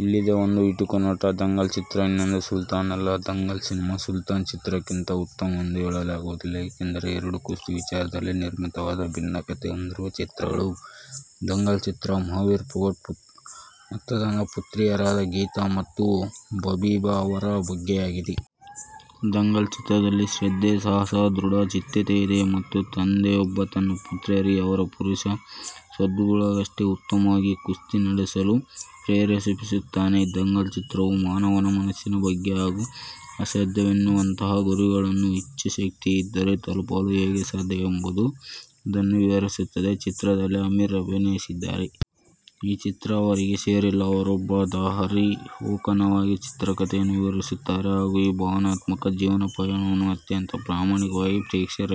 ಇಲ್ಲಿದೆ ಒಂದು ಇಣುಕು ನೋಟ. ದಂಗಲ್ ಚಿತ್ರ ಇನ್ನೊಂದು ಸುಲ್ತಾನ್ ಅಲ್ಲ. ದಂಗಲ್ ಸಿನೆಮಾ ಸುಲ್ತಾನ್ ಚಿತ್ರಕ್ಕಿಂತ ಉತ್ತಮವೆಂದೂ ಹೇಳಲಾಗುವುದಿಲ್ಲ. ಏಕೆಂದರೆ ಎರಡೂ ಕುಸ್ತಿ ವಿಚಾರದಲ್ಲೇ ನಿರ್ಮಿತವಾದ ಭಿನ್ನ ಕಥೆ ಹೊಂದಿರುವ ಚಿತ್ರಗಳು. ದಂಗಲ್ ಚಿತ್ರ ಮಹಾವೀರ್ ಫೋಗಟ್ ಮತ್ತಾತನ ಪುತ್ರಿಯರಾದ ಗೀತಾ ಮತ್ತು ಬಬಿತಾ ಅವರ ಬಗ್ಗೆಯಾಗಿದೆ. ದಂಗಲ್ ಚಿತ್ರದಲ್ಲಿ ಶ್ರದ್ಧೆ, ಸಾಹಸ, ದೃಢಚಿತ್ತತೆಯಿದೆ ಮತ್ತು ತಂದೆಯೊಬ್ಬ ತನ್ನ ಪುತ್ರಿಯರಿಗೆ ಅವರ ಪುರುಷ ಸ್ಪರ್ಧಾಳುಗಳಷ್ಟೇ ಉತ್ತಮವಾಗಿ ಕುಸ್ತಿ ನಡೆಸಲು ಪ್ರೇರೇಪಿಸುತ್ತಾನೆ. ದಂಗಲ್ ಚಿತ್ರವು ಮಾನವನ ಮನಸ್ಸಿನ ಬಗ್ಗೆ ಹಾಗೂ ಅಸಾಧ್ಯವೆನ್ನುವಂತಹ ಗುರಿಗಳನ್ನು ಇಚ್ಛಾಶಕ್ತಿಯಿದ್ದರೆ ತಲುಪಲು ಹೇಗೆ ಸಾಧ್ಯ ಎಂಬುದನ್ನು ವಿವರಿಸುತ್ತದೆ. ಚಿತ್ರದಲ್ಲಿ ಆಮಿರ್ ಅಭಿನಯಿಸಿದ್ದಾರೆ. ಈ ಚಿತ್ರ ಅವರಿಗೆ ಸೇರಿಲ್ಲ. ಅವರೊಬ್ಬ ದಾರಿಹೋಕನಾಗಿ ಚಿತ್ರ ಕತೆಯನ್ನು ವಿವರಿಸುತ್ತಾರೆ ಹಾಗೂ ಈ ಭಾವನಾತ್ಮಕ ಜೀವನ ಪಯಣವನ್ನು ಅತ್ಯಂತ ಪ್ರಾಮಾಣಿಕವಾಗಿ ಪ್ರೇಕ್ಷಕರ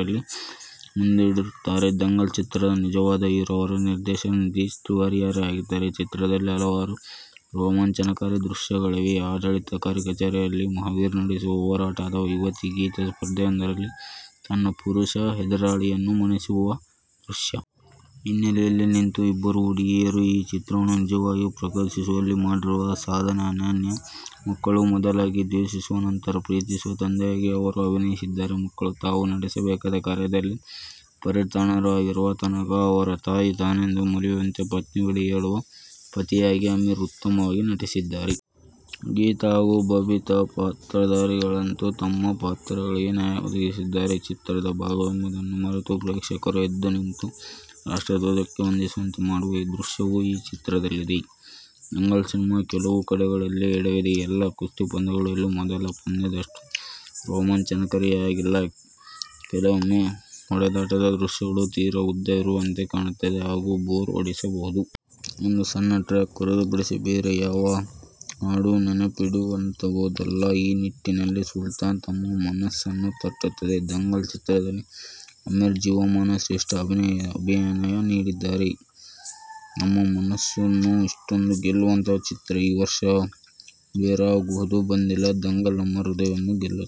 ಮುಂದಿಡುತ್ತಾರೆ. ದಂಗಲ್ ಚಿತ್ರದ ನಿಜವಾದ ಹೀರೋ ಅದರ ನಿರ್ದೇಶಕ ನಿತೇಶ್ ತಿವಾರಿಯಾಗಿದ್ದಾರೆ. ಚಿತ್ರದಲ್ಲಿ ಹಲವಾರು ರೋಮಾಂಚನಕಾರಿ ದೃಶ್ಯಗಳಿವೆ. ಆಡಳಿತಾಧಿಕಾರಿ ಕಚೇರಿಯಲ್ಲಿ ಮಹಾವೀರ್ ನಡೆಸುವ ಹೋರಾಟ ಅಥವಾ ಯುವತಿ ಗೀತಾ ಸ್ಪರ್ಧೆಯೊಂದರಲ್ಲಿ ತನ್ನ ಪುರುಷ ಎದುರಾಳಿಯನ್ನ ಮಣಿಸುವ ದೃಶ್ಯ. ಹಿನ್ನೆಲೆಯಲ್ಲಿ ನಿಂತು ಇಬ್ಬರು ಹುಡುಗಿಯರು ಈ ಚಿತ್ರವನ್ನು ನಿಜವಾಗಿಯೂ ಪ್ರಕಾಶಿಸುವಲ್ಲಿ ಮಾಡಿರುವ ಸಾಧನೆ ಅನನ್ಯ. ಮಕ್ಕಳು ಮೊದಲಾಗಿ ದ್ವೇಷಿಸುವ ನಂತರ ಪ್ರೀತಿಸುವ ತಂದೆಯಾಗಿ ಅವರು ಅಭಿನಯಿಸಿದ್ದಾರೆ. ಮಕ್ಕಳು ತಾವು ನಡೆಸಬೇಕಾದ ಕಾರ್ಯದಲ್ಲಿ ಪರಿಣತರಾಗುವ ತನಕ ಅವರ ತಾಯಿ ತಾನೆಂದು ಮರೆಯುವಂತೆ ಪತ್ನಿ ಬಳಿ ಹೇಳುವ ಪತಿಯಾಗಿ ಆಮಿರ್ ಉತ್ತಮವಾಗಿ ನಟಿಸಿದ್ದಾರೆ. ಗೀತಾ ಹಾಗೂ ಬಬಿತಾ ಪಾತ್ರಧಾರಿಗಳಂತೂ ತಮ್ಮ ಪಾತ್ರಗಳಿಗೆ ನ್ಯಾಯ ಒದಗಿಸಿದ್ದಾರೆ. ಚಿತ್ರದ ಭಾಗವೆಂಬುದನ್ನು ಮರೆತು ಪ್ರೇಕ್ಷಕರು ಎದ್ದು ನಿಂತು ರಾಷ್ಟ್ರಧ್ವಜಕ್ಕೆ ವಂದಿಸುವಂತೆ ಮಾಡುವ ದೃಶ್ಯವೂ ಈ ಚಿತ್ರದಲ್ಲಿದೆ. ದಂಗಲ್ ಸಿನೆಮಾ ಕೆಲವು ಕಡೆಗಳಲ್ಲಿ ಎಡವಿದೆ. ಎಲ್ಲಾ ಕುಸ್ತಿ ಪಂದ್ಯಗಳೂ ಮೊದಲ ಪಂದ್ಯದಷ್ಟು ರೋಮಾಂಚನಕಾರಿಯಾಗಿಲ್ಲ. ಕೆಲವೊಮ್ಮೆ ಹೊಡೆದಾಟದ ದೃಶ್ಯಗಳು ತೀರಾ ಉದ್ದವಿರುವಂತೆ ಕಾಣುತ್ತದೆ ಹಾಗೂ ಬೋರ್ ಹೊಡೆಸಬಹುದು. ಒಂದು ಸಣ್ಣ ಟ್ರ್ಯಾಕ್ ಹೊರತುಪಡಿಸಿ ಬೇರೆ ಯಾವ ಹಾಡೂ ನೆನಪಿನಲ್ಲಿಡುವಂತಹುದಲ್ಲ. ಈ ನಿಟ್ಟಿನಲ್ಲಿ ಸುಲ್ತಾನ್ ನಮ್ಮ ಮನಸ್ಸನ್ನು ತಟ್ಟುತ್ತದೆ. ದಂಗಲ್ ಚಿತ್ರದಲ್ಲಿ ಆಮಿರ್ ಜೀವಮಾನ ಶ್ರೇಷ್ಠ ಅಭಿನಯ ನೀಡಿದ್ದಾರೆ. ನಮ್ಮ ಮನಸ್ಸನ್ನು ಇಷ್ಟೊಂದು ಗೆಲ್ಲುವಂತಹ ಚಿತ್ರ ಈ ವರ್ಷ ಬೇರಾವುದೂ ಬಂದಿಲ್ಲ. ದಂಗಲ್ ನಮ್ಮ ಹೃದಯವನ್ನು ಗೆಲ್ಲುತ್ತದೆ.